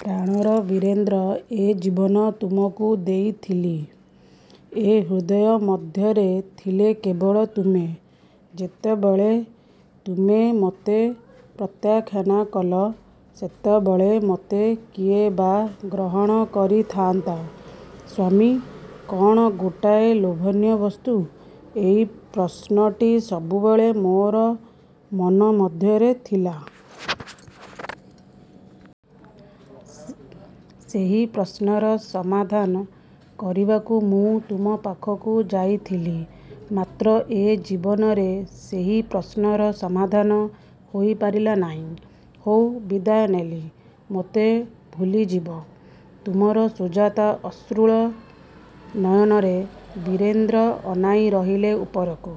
ପ୍ରାଣର ବୀରେନ୍ଦ୍ର ଏ ଜୀବନ ତୁମକୁ ଦେଇଥିଲି। ଏ ହୃଦୟ ମଧ୍ୟରେ ଥିଲ କେବଳ ତୁମେ। ଯେତେବେଳେ ତୁମେ ମୋତେ ପ୍ରତ୍ୟାଖ୍ୟାନ କଲ ସେତେବେଳେ ମୋତେ କିଏ ବା ଗ୍ରହଣ କରିଥାନ୍ତା? ସ୍ୱାମୀ କ'ଣ ଗୋଟାଏ ଲୋଭନୀୟ ବସ୍ତୁ? ଏହି ପ୍ରଶ୍ନଟି ସବୁବେଳେ ମୋର ମନ ମଧ୍ୟରେ ଥିଲା। ସେହି ପ୍ରଶ୍ନର ସମାଧାନ କରିବାକୁ ମୁଁ ତୁମ ପାଖକୁ ଯାଇଥିଲି। ମାତ୍ର ଏ ଜୀବନରେ ସେହି ପ୍ରଶ୍ନର ସମାଧାନ ହୋଇପାରିଲା ନାହିଁ। ହଉ ବିଦାୟ ନେଲି, ମୋତେ ଭୁଲିଯିବ-। ତୁମର ସୁଜାତା ଅଶ୍ରୁଳ ନୟନରେ ବୀରେନ୍ଦ୍ର ଅନାଇ ରହିଲେ ଉପରକୁ।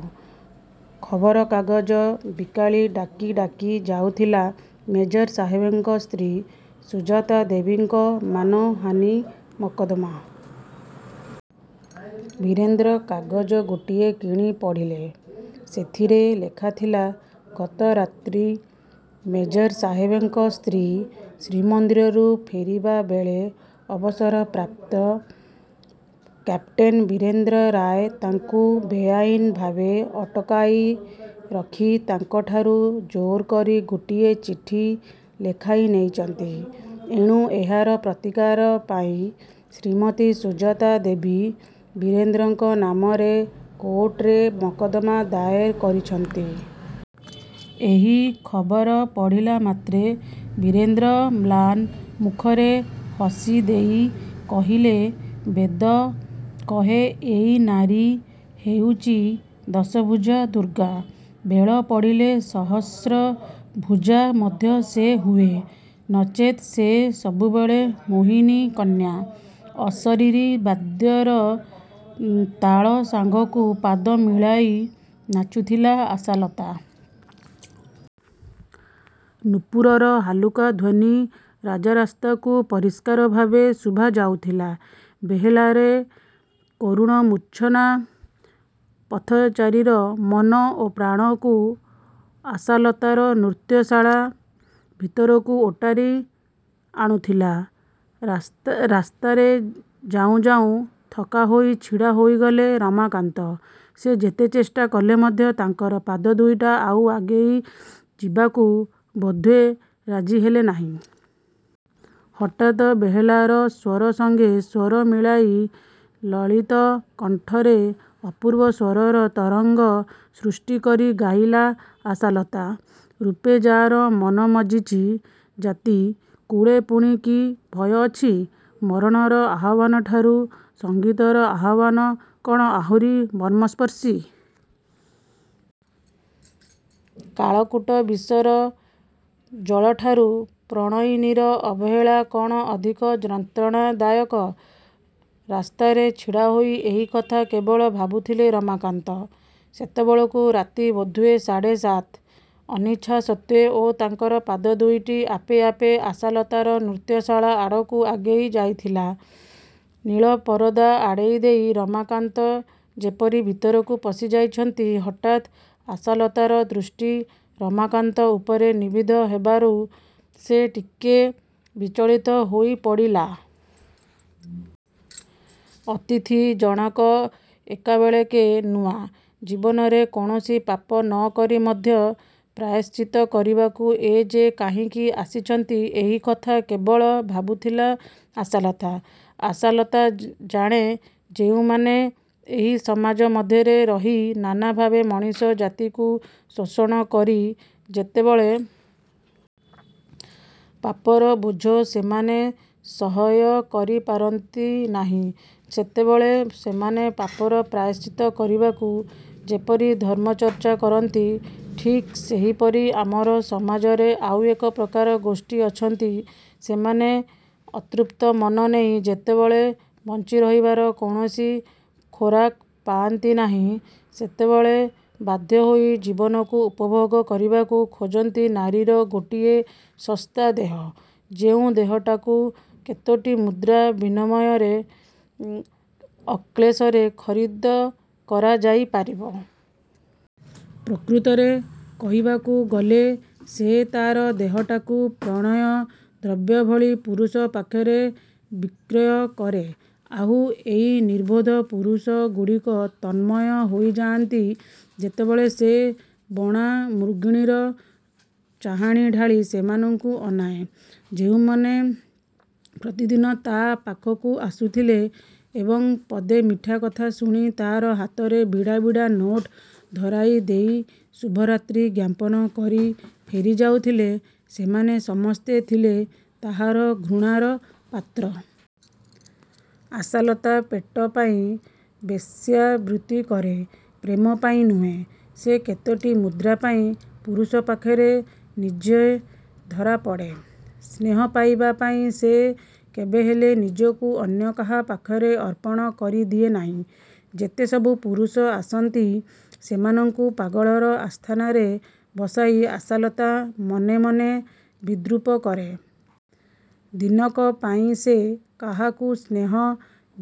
ଖବରକାଗଜ ବିକାଳି ଡାକି ଡାକି ଯାଉଥିଲା ମେଜର ସାହେବଙ୍କ ସ୍ତ୍ରୀ ସୁଜାତାଦେବୀଙ୍କ ମାନହାନି ମକଦ୍ଦମା। ବୀରେନ୍ଦ୍ର କାଗଜ ଗୋଟିଏ କିଣି ପଢ଼ିଲେ। ସେଥିରେ ଲେଖାଥିଲା ଗତ ରାତ୍ରି ମେଜର ସାହେବଙ୍କ ସ୍ତ୍ରୀ ଶ୍ରୀମନ୍ଦିରରୁ ଫେରିବା ବେଳେ ଅବସର ପ୍ରାପ୍ତ କ୍ୟାପଟେନ୍ ବୀରେନ୍ଦ୍ର ରାୟ ତାଙ୍କୁ ବେଆଇନ୍ ଭାବେ ଅଟକାଇରଖି ତାଙ୍କଠାରୁ ଜୋରକରି ଗୋଟିଏ ଚିଠି ଲେଖାଇ ନେଇଛନ୍ତି। ଏଣୁ ଏହାର ପ୍ରତିକାର ପାଇଁ ଶ୍ରୀମତୀ ସୁଜାତାଦେବୀ ବୀରେନ୍ଦ୍ରଙ୍କ ନାମରେ କୋର୍ଟରେ ମକଦ୍ଦମା ଦାଏର କରିଛନ୍ତି। ଏହି ଖବର ପଢ଼ିଲା ମାତ୍ରେ ବୀରେନ୍ଦ୍ର ମ୍ଳାନ ମୁଖରେ ହସିଦେଇ କହିଲେ, ''ବେଦ କହେ ଏଇ ନାରୀ ହେଉଛି ଦଶଭୁଜା ଦୁର୍ଗା। ବେଳପଡ଼ିଲେ ସହସ୍ର ଭୁଜା ମଧ୍ୟ ସେ ହୁଏ। ନଚେତ୍ ସେ ସବୁବେଳେ ମୋହିନୀ କନ୍ୟା। '' ଅଶରୀରୀ ବାଦ୍ୟର ତାଳ ସାଙ୍ଗକୁ ପାଦ ମିଳାଇ ନାଚୁଥିଲା ଆଶାଲତା। ନୂପୁରର ହାଲୁକା ଧ୍ୱନି ରାଜରାସ୍ତାକୁ ପରିଷ୍କାର ଭାବେ ଶୁଭାଯାଉଥିଲା। ବେହେଲାର କରୁଣ ମୂର୍ଚ୍ଛନା ପଥଚାରୀର ମନ ଓ ପ୍ରାଣକୁ ଆଶାଲତାର ନୃତ୍ୟଶାଳା ଭିତରକୁ ଓଟାରି ଆଣୁଥିଲା। ରାସ୍ତାରେ ଯାଉଁ ଯାଉଁ ଥକାହୋଇ ଛିଡ଼ା ହୋଇଗଲେ ରମାକାନ୍ତ। ସେ ଯେତେ ଚେଷ୍ଟା କଲେ ମଧ୍ୟ ତାଙ୍କର ପାଦ ଦୁଇଟା ଆଉ ଆଗେଇ ଯିବାକୁ ବୋଧହୁଏ ରାଜି ହେଲେ ନାହିଁ। ହଠାତ୍ ବେହେଲାର ସ୍ୱର ସଙ୍ଗେ ସ୍ୱର ମିଳାଇ ଲଳିତ କଣ୍ଠରେ ଅପୂର୍ବ ସ୍ୱରର ତରଙ୍ଗ ସୃଷ୍ଟି କରି ଗାଇଲା ଆଶାଲତା- 'ରୂପେ ଯାର ମନ ମଜିଛି ଜାତି, କୁଳେ ପୁଣି କି ଭୟ ଅଛି? ' ମରଣର ଆହ୍ୱାନଠାରୁ ସଙ୍ଗୀତର ଆହ୍ୱାନ କ'ଣ ଆହୁରି ମର୍ମସ୍ପର୍ଶୀ? କାଳକୂଟ ବିଷର ଜ୍ୱଳାଠାରୁ ପ୍ରଣୟିନୀର ଅବହେଳା କ'ଣ ଅଧିକ ଯନ୍ତ୍ରଣାଦାୟକ? ରାସ୍ତାରେ ଛିଡ଼ାହୋଇ ଏହିକଥା କେବଳ ଭାବୁଥିଲେ ରମାକାନ୍ତ। ସେତେବେଳକୁ ରାତି ବୋଧହୁଏ ସାଢ଼େ ସାତ। ଅନିଚ୍ଛା ସତ୍ତ୍ୱେ ଓ ତାଙ୍କର ପାଦ ଦୁଇଟି ଆପେ ଆପେ। ଆଶାଲତାର ନୃତ୍ୟଶାଳା ଆଡ଼କୁ ଆଗେଇ ଯାଇଥିଲା। ନୀଳ ପରଦା ଆଡ଼େଇଦେଇ ରମାକାନ୍ତ ଯେପରି ଭିତରକୁ ପଶିଯାଇଛନ୍ତି, ହଠାତ୍ ଆଶାଲତାର ଦୃଷ୍ଟି ରମାକାନ୍ତ ଉପରେ ନିବଦ୍ଧ ହେବାରୁ ସେ ଟିକିଏ ବିଚଳିତ ହୋଇପଡ଼ିଲା। ଅତିଥିଜଣକ ଏକାବେଳକେ ନୂଆ। ଜୀବନରେ କୌଣସି ପାପ ନ କରି ମଧ୍ୟ ପ୍ରାୟଶ୍ଚିତ୍ତ କରିବାକୁ ଏ ଯେ କାହିଁକି ଆସିଛନ୍ତି ଏହିକଥା କେବଳ ଭାବୁଥିଲା ଆଶାଲତା। ଆଶାଲତା ଜାଣେ ଯେଉଁମାନେ ଏହି ସମାଜ ମଧ୍ୟରେ ରହି ନାନା ଭାବେ ମଣିଷ ଜାତିକୁ ଶୋଷଣ କରି ଯେତେବେଳେ ପାପର ବୋଝ ସେମାନେ ସହ୍ୟ କରିପାରନ୍ତି ନାହିଁ ସେତେବେଳେ ସେମାନେ ପାପର ପ୍ରାୟଶ୍ଚିତ କରିବାକୁ ଯେପରି ଧର୍ମଚର୍ଚ୍ଚା କରନ୍ତି, ଠିକ୍ ସେହିପରି ଆମର ସମାଜରେ ଆଉ ଏକ ପ୍ରକାର ଗୋଷ୍ଠୀ ଅଛନ୍ତି ସେମାନେ ଅତୃପ୍ତ ମନ ନେଇ ଯେତେବେଳେ ବଞ୍ଚିରହିବାର କୌଣସି ଖୋରାକ ପାଆନ୍ତି ନାହିଁ ସେତେବେଳେ ବାଧ୍ୟ ହୋଇ ଜୀବନକୁ ଉପଭୋଗ କରିବାକୁ ଖୋଜନ୍ତି ନାରୀର ଗୋଟିଏ ଶସ୍ତା ଦେହ, ଯେଉଁ ଦେହଟାକୁ କେତୋଟି ମୁଦ୍ରା ବିନିମୟରେ ଅକ୍ଳେଶରେ ଖରିଦ କରାଯାଇ ପାରିବ। ପ୍ରକୃତରେ କହିବାକୁ ଗଲେ ସେ ତା'ର ଦେହଟାକୁ ପଣ୍ୟ ଦ୍ରବ୍ୟ ଭଳି ପୁରୁଷ ପାଖରେ ବିକ୍ରୟ କରେ। ଆଉ ଏହି ନିର୍ବୋଧ ପୁରୁଷଗୁଡ଼ିକ ତନ୍ମୟ ହୋଇଯାଆନ୍ତି ଯେତେବେଳେ ସେ ବଣା ମୃଗୁଣୀର ଚାହାଣି ଢାଳି ସେମାନଙ୍କୁ ଅନାଏ। ଯେଉଁମାନେ ପ୍ରତିଦିନ ତା' ପାଖକୁ ଆସୁଥିଲେ ଏବଂ ପଦେ ମିଠା କଥା ଶୁଣି ତା'ର ହାତରେ ବିଡ଼ା ବିଡ଼ା ନୋଟ ଧରାଇଦେଇ ଶୁଭରାତ୍ରୀ ଜ୍ଞାପନ କରି ଫେରିଯାଉଥିଲେ ସେମାନେ ସମସ୍ତେ ଥିଲେ ତାହାର ଘୃଣାର ପାତ୍ର। ଆଶାଲତା ପେଟ ପାଇଁ ବେଶ୍ୟାବୃତ୍ତି କରେ, ପ୍ରେମ ପାଇଁ ନୁହେଁ। ସେ କେତୋଟି ମୁଦ୍ରା ପାଇଁ ପୁରୁଷ ପାଖରେ ନିଜେ ଧରାପଡ଼େ। ସ୍ନେହ ପାଇବା ପାଇଁ ସେ କେବେହେଲେ ନିଜକୁ ଅନ୍ୟ କାହା ପାଖରେ ଅର୍ପଣ କରି ଦିଏ ନାହିଁ। ଯେତେ ସବୁ ପୁରୁଷ ଆସନ୍ତି ସେମାନଙ୍କୁ ପାଗଳର ଆସ୍ଥାନରେ ବସାଇ ଆଶାଲତା ମନେମନେ ବିଦ୍ରୂପ କରେ। ଦିନକ ପାଇଁ ସେ କାହାକୁ ସ୍ନେହ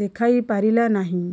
ଦେଖାଇ ପାରିଲା ନାହିଁ।